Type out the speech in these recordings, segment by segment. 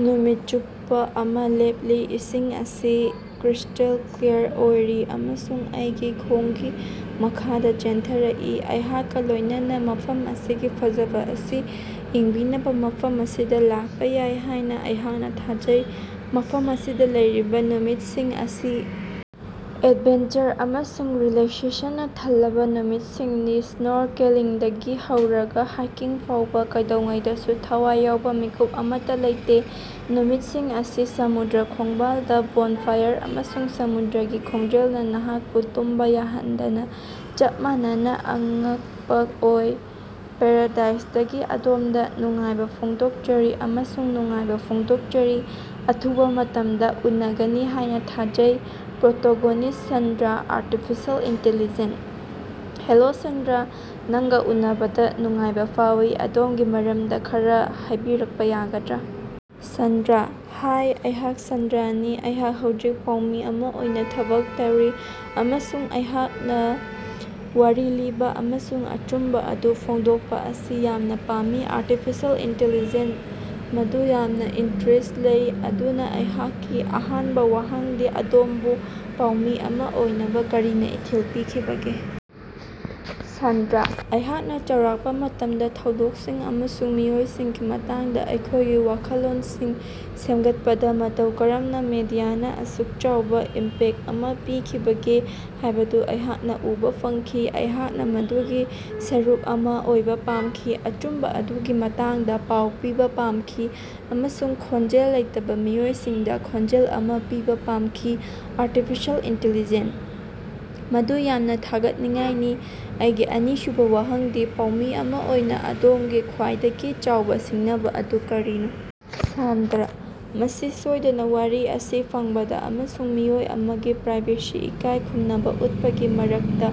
ꯅꯨꯃꯤꯠ ꯆꯨꯞꯄꯥ ꯑꯃꯥ ꯂꯦꯞꯂꯤ, ꯏꯁꯤꯡ ꯑꯁꯤ ꯀ꯭ꯔꯤꯁ꯭ꯇꯦꯜ ꯀ꯭ꯂꯤꯌꯥꯔ ꯑꯣꯏꯔꯤ ꯑꯃꯁꯨꯡ ꯑꯩꯒꯤ ꯈꯣꯉꯒꯤ ꯃꯈꯥꯗꯥ ꯆꯦꯟꯊꯔꯀꯏ꯫ ꯑꯩꯍꯥꯛꯀꯥ ꯂꯣꯌꯅꯅꯥ ꯃꯐꯝ ꯑꯁꯤꯒꯤ ꯐꯖꯕꯥ ꯑꯁꯤ ꯌꯦꯡꯕꯤꯅꯕꯥ ꯃꯐꯝ ꯑꯁꯤꯗꯥ ꯂꯥꯀꯄꯥ ꯌꯥꯏ ꯍꯥꯌꯅꯥ ꯑꯩꯍꯥꯛꯅꯥ ꯊꯥꯖꯩ꯫ ꯃꯐꯝ ꯑꯁꯤꯗꯥ ꯂꯩꯔꯤꯕꯥ ꯅꯨꯃꯤꯠꯁꯤꯡ ꯑꯁꯤ ꯑꯦꯗꯚꯦꯟꯆꯔ ꯑꯃꯁꯨꯡ ꯔꯤꯂꯥꯛꯁꯦꯁꯟꯅꯥ ꯊꯜꯂꯕꯥ ꯅꯨꯃꯤꯠꯁꯤꯡꯅꯤ꯫ ꯁ꯭ꯅꯣꯔꯀꯦꯂꯤꯡꯗꯒꯤ ꯍꯧꯔꯒꯥ ꯍꯥꯏꯀꯤꯡ ꯐꯥꯑꯣꯕꯥ ꯀꯩꯗꯧꯉꯩꯗꯁꯨ ꯊꯋꯥꯏ ꯌꯥꯑꯣꯕꯥ ꯃꯤꯀꯨꯞ ꯑꯃꯠꯇꯥ ꯂꯩꯇꯦ꯫ ꯅꯨꯃꯤꯠꯁꯤꯡ ꯑꯁꯤ ꯁꯃꯨꯗ꯭ꯔ ꯈꯣꯉꯕꯥꯂꯗꯥ ꯕꯣꯟꯐꯥꯏꯔ ꯑꯃꯁꯨꯡ ꯁꯃꯨꯗ꯭ꯔꯒꯤ ꯈꯣꯟꯖꯦꯂꯅꯥ ꯅꯍꯥꯀꯄꯨ ꯇꯨꯝꯕꯥ ꯌꯥꯍꯟꯗꯅꯥ ꯆꯞ ꯃꯥꯟꯅꯅꯥ ꯑꯉꯀꯄꯥ ꯑꯣꯏ꯫ ꯄꯥꯔꯥꯗꯥꯏꯁꯇꯒꯤ ꯑꯗꯣꯃꯗꯥ ꯅꯨꯡꯉꯥꯏꯕꯥ ꯐꯣꯡꯗꯣꯀꯆꯔꯤ ꯑꯃꯁꯨꯡ ꯅꯨꯡꯉꯥꯏꯕꯥ ꯐꯣꯡꯗꯣꯀꯆꯔꯤ꯫ ꯑꯊꯨꯕꯥ ꯃꯇꯃꯗꯥ ꯎꯅꯒꯅꯤ ꯍꯥꯌꯅꯥ ꯊꯥꯖꯩ꯫ Protagonist: Sandra. Artificial intelligence: hello Sandra, ꯅꯉꯒꯥ ꯎꯅꯕꯗꯥ ꯅꯨꯡꯉꯥꯏꯕꯥ ꯐꯥꯑꯣꯏ꯫ ꯑꯗꯣꯃꯒꯤ ꯃꯔꯃꯗꯥ ꯈꯔꯥ ꯍꯥꯌꯕꯤꯔꯀꯄꯥ ꯌꯥꯒꯗ꯭ꯔꯥ? ꯁꯥꯟꯗ꯭ꯔꯥ: ꯍꯥꯌ, ꯑꯩꯍꯥꯛ ꯁꯥꯟꯗ꯭ꯔꯥꯅꯤ, ꯑꯩꯍꯥꯛ ꯍꯧꯖꯤꯛ ꯄꯥꯎꯃꯤ ꯑꯃꯥ ꯑꯣꯏꯅꯥ ꯊꯕꯛ ꯇꯧꯔꯤ ꯑꯃꯁꯨꯡ ꯑꯩꯍꯥꯛꯅꯥ ꯋꯥꯔꯤ ꯂꯤꯕꯥ ꯑꯃꯁꯨꯡ ꯑꯆꯨꯝꯕꯥ ꯑꯗꯨ ꯐꯣꯡꯗꯣꯀꯄꯥ ꯑꯁꯤ ꯌꯥꯝꯅꯥ ꯄꯥꯝꯃꯤ꯫ ꯑꯥꯔꯇꯤꯐꯤꯁꯤꯌꯦꯜ ꯏꯤꯟꯇꯦꯂꯤꯖꯦꯟ: ꯃꯗꯨ ꯌꯥꯝꯅꯥ ꯏꯟꯇꯔꯦꯁ꯭ꯠ ꯂꯩ꯫ ꯑꯗꯨꯅꯥ ꯑꯩꯍꯥꯛꯀꯤ ꯑꯍꯥꯅꯕꯥ ꯋꯥꯍꯪꯗꯤ ꯑꯗꯣꯃꯕꯨ ꯄꯥꯎꯃꯤ ꯑꯃꯥ ꯑꯣꯏꯅꯕꯥ ꯀꯔꯤꯅꯥ ꯏꯊꯤꯜ ꯄꯤꯈꯤꯕꯒꯦ? ꯁꯥꯟꯗ꯭ꯔꯥ: ꯑꯩꯍꯥꯛꯅꯥ ꯆꯥꯎꯔꯀꯄꯥ ꯃꯇꯝꯗꯥ ꯊꯧꯗꯣꯀꯁꯤꯡ ꯑꯃꯁꯨꯡ ꯃꯤꯑꯣꯏꯁꯤꯡꯒꯤ ꯃꯇꯥꯡꯗꯥ ꯑꯩꯈꯣꯌꯒꯤ ꯋꯥꯈꯜꯂꯣꯅꯁꯤꯡ ꯁꯦꯝꯒꯠꯄꯗꯥ ꯃꯇꯧ ꯀꯔꯝꯅꯥ ꯃꯤꯗꯤꯌꯥꯅꯥ ꯑꯁꯨꯛ ꯆꯥꯎꯕꯥ ꯏꯝꯄꯦꯛꯇ ꯑꯃꯥ ꯄꯤꯈꯤꯕꯒꯦ ꯍꯥꯌꯕꯗꯨ ꯑꯩꯍꯥꯛꯅꯥ ꯎꯕꯥ ꯐꯪꯈꯤ꯫ ꯑꯩꯍꯥꯛꯅꯥ ꯃꯗꯨꯒꯤ ꯁꯔꯨꯛ ꯑꯃꯥ ꯑꯣꯏꯕꯥ ꯄꯥꯃꯈꯤ, ꯑꯆꯨꯝꯕꯥ ꯑꯗꯨꯒꯤ ꯃꯇꯥꯡꯗꯥ ꯄꯥꯎ ꯄꯤꯕꯥ ꯄꯥꯃꯈꯤ ꯑꯃꯁꯨꯡ ꯈꯣꯟꯖꯦꯜ ꯂꯩꯇꯕꯥ ꯃꯤꯑꯣꯏꯁꯤꯡꯗꯥ ꯈꯣꯟꯖꯦꯜ ꯑꯃꯥ ꯄꯤꯕꯥ ꯄꯥꯃꯈꯤ꯫ ꯑꯥꯔꯇꯤꯐꯤꯁꯤꯌꯦꯜ ꯏꯤꯟꯇꯦꯂꯤꯖꯦꯟ: ꯃꯗꯨ ꯌꯥꯝꯅꯥ ꯊꯥꯒꯠꯅꯤꯡꯉꯥꯏꯅꯤ꯫ ꯑꯩꯒꯤ ꯑꯅꯤꯁꯨꯕꯥ ꯋꯥꯍꯪꯗꯤ ꯄꯥꯎꯃꯤ ꯑꯃꯥ ꯑꯣꯏꯅꯥ ꯑꯗꯣꯃꯒꯤ ꯈ꯭ꯕꯥꯏꯗꯒꯤ ꯆꯥꯎꯕꯥ ꯁꯤꯡꯅꯕꯥ ꯑꯗꯨ ꯀꯔꯤꯅꯣ? ꯁꯥꯟꯗ꯭ꯔꯥ: ꯃꯁꯤ ꯁꯣꯏꯗꯅꯥ ꯋꯥꯔꯤ ꯑꯁꯤ ꯐꯪꯕꯗꯥ ꯑꯃꯁꯨꯡ ꯃꯤꯑꯣꯏ ꯑꯃꯒꯤ ꯄ꯭ꯔꯥꯏꯚꯦꯁꯤ ꯏꯀꯥꯌꯈꯨꯝꯅꯕꯥ ꯎꯠꯄꯒꯤ ꯃꯔꯛꯇꯥ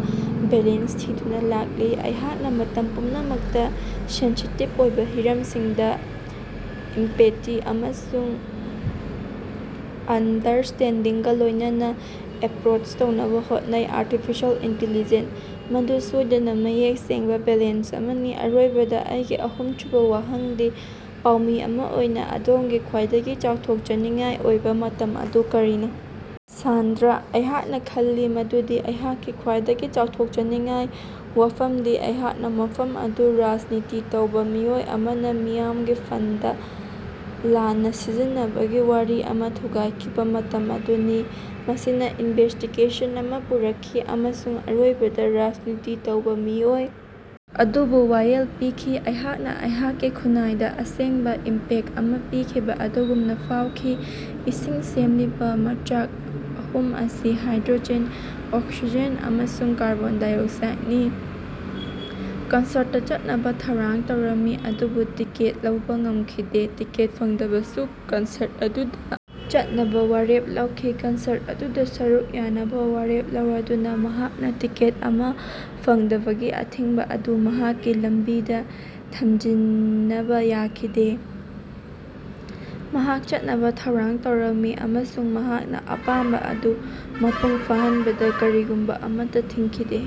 ꯕꯦꯂꯦꯟꯁ ꯊꯤꯗꯨꯅꯥ ꯂꯥꯛꯂꯤ꯫ ꯑꯩꯍꯥꯛꯅꯥ ꯃꯇꯝ ꯄꯨꯝꯅꯃꯛꯇꯥ ꯁꯦꯟꯁꯤꯇꯤꯕ ꯑꯣꯏꯕꯥ ꯍꯤꯔꯃꯁꯤꯡꯗꯥ ꯏꯝꯄꯥꯇꯤ ꯑꯃꯁꯨꯡ ꯑꯟꯗꯔꯁ꯭ꯇꯦꯟꯗꯤꯡꯒꯥ ꯂꯣꯌꯅꯅꯥ ꯑꯦꯞꯔꯣꯆ ꯇꯧꯅꯕꯥ ꯍꯣꯠꯅꯩ꯫ ꯑꯥꯔꯇꯤꯐꯤꯁꯤꯌꯦꯜ ꯏꯤꯟꯇꯦꯂꯤꯖꯦꯟ: ꯃꯗꯨ ꯁꯣꯏꯗꯅꯥ ꯃꯌꯦꯛ ꯁꯦꯡꯕꯥ ꯕꯦꯂꯦꯟꯁ ꯑꯃꯅꯤ꯫ ꯑꯔꯣꯏꯕꯗꯥ ꯑꯩꯒꯤ ꯑꯍꯨꯃꯁꯨꯕꯥ ꯋꯥꯍꯪꯗꯤ ꯄꯥꯎꯃꯤ ꯑꯃꯥ ꯑꯣꯏꯅꯥ ꯑꯗꯣꯃꯒꯤ ꯈ꯭ꯕꯥꯏꯗꯒꯤ ꯆꯥꯎꯊꯣꯀꯆꯅꯤꯡꯉꯥꯏ ꯑꯣꯏꯕꯥ ꯃꯇꯝ ꯑꯗꯨ ꯀꯔꯤꯅꯣ? ꯁꯥꯟꯗ꯭ꯔꯥ: ꯑꯩꯍꯥꯛꯅꯥ ꯈꯜꯂꯤ ꯃꯗꯨꯗꯤ ꯑꯩꯍꯥꯛꯀꯤ ꯈ꯭ꯕꯥꯏꯗꯒꯤ ꯆꯥꯎꯊꯣꯀꯆꯅꯤꯡꯉꯥꯏ ꯋꯥꯐꯃꯗꯤ ꯑꯩꯍꯥꯛꯅꯥ ꯃꯐꯝ ꯑꯗꯨꯒꯤ ꯔꯥꯖꯅꯤꯇꯤ ꯇꯧꯕꯥ ꯃꯤꯑꯣꯏ ꯑꯃꯅꯥ ꯃꯤꯌꯥꯃꯒꯤ ꯐꯟꯗ ꯂꯥꯟꯅꯥ ꯁꯤꯖꯤꯟꯅꯕꯒꯤ ꯋꯥꯔꯤ ꯑꯃꯥ ꯊꯨꯒꯥꯏꯈꯤꯕꯥ ꯃꯇꯝ ꯑꯗꯨꯅꯤ꯫ ꯃꯁꯤꯅꯥ ꯏꯅꯚꯦꯁ꯭ꯇꯤꯒꯦꯁꯟ ꯑꯃꯥ ꯄꯨꯔꯀꯈꯤ ꯑꯃꯁꯨꯡ ꯑꯔꯣꯏꯕꯗꯥ ꯔꯥꯖꯅꯤꯇꯤ ꯇꯧꯕꯥ ꯃꯤꯑꯣꯏ ꯑꯗꯨꯕꯨ ꯋꯥꯌꯦꯜ ꯄꯤꯈꯤ꯫ ꯑꯩꯍꯥꯛꯅꯥ ꯑꯩꯍꯥꯛꯀꯤ ꯈꯨꯟꯅꯥꯏꯗꯥ ꯑꯁꯦꯡꯕꯥ ꯏꯝꯄꯦꯛꯇ ꯑꯃꯥ ꯄꯤꯈꯤꯕꯥ ꯑꯗꯨꯒꯨꯝꯅꯥ ꯐꯥꯑꯣꯈꯤ꯫ ꯏꯁꯤꯡ ꯁꯦꯝꯂꯤꯕꯥ ꯃꯆꯥꯛ ꯑꯍꯨꯝ ꯑꯁꯤ ꯍꯥꯏꯗ꯭ꯔꯣꯖꯦꯟ, ꯑꯣꯛꯁꯤꯖꯦꯟ ꯑꯃꯁꯨꯡ ꯀꯔꯕꯣꯟꯗꯥꯏꯑꯣꯛꯁꯥꯏꯗꯅꯤ꯫ ꯀꯟꯁꯔꯠꯇꯥ ꯆꯠꯅꯕꯥ ꯊꯧꯔꯥꯡ ꯇꯧꯔꯝꯃꯤ ꯑꯗꯨꯕꯨ ꯇꯤꯀꯦꯠ ꯂꯧꯕꯥ ꯉꯃꯈꯤꯗꯦ꯫ ꯇꯤꯀꯦꯠ ꯐꯪꯗꯕꯁꯨ ꯀꯟꯁꯔꯠ ꯑꯗꯨꯗꯥ ꯆꯠꯅꯕꯥ ꯋꯥꯔꯦꯞ ꯂꯧꯈꯤ꯫ ꯀꯟꯁꯔꯠ ꯑꯗꯨꯗꯥ ꯁꯔꯨꯛ ꯌꯥꯅꯕꯥ ꯋꯥꯔꯦꯞ ꯂꯧꯔꯗꯨꯅꯥ ꯃꯍꯥꯛꯅꯥ ꯇꯤꯀꯦꯠ ꯑꯃꯥ ꯐꯪꯗꯕꯒꯤ ꯑꯊꯤꯡꯕꯥ ꯑꯗꯨ ꯃꯍꯥꯛꯀꯤ ꯂꯝꯕꯤꯗꯥ ꯊꯝꯖꯤꯅꯕꯥ ꯌꯥꯈꯤꯗꯦ꯫ ꯃꯍꯥꯛ ꯆꯠꯅꯕꯥ ꯊꯧꯔꯥꯡ ꯇꯧꯔꯝꯃꯤ, ꯑꯃꯁꯨꯡ ꯃꯍꯥꯛꯅꯥ ꯑꯄꯥꯝꯕꯥ ꯑꯗꯨ ꯃꯄꯨꯡ ꯐꯥꯍꯅꯕꯗꯥ ꯀꯔꯤꯒꯨꯝꯕꯥ ꯑꯃꯠꯇꯥ ꯊꯤꯡꯈꯤꯗꯦ꯫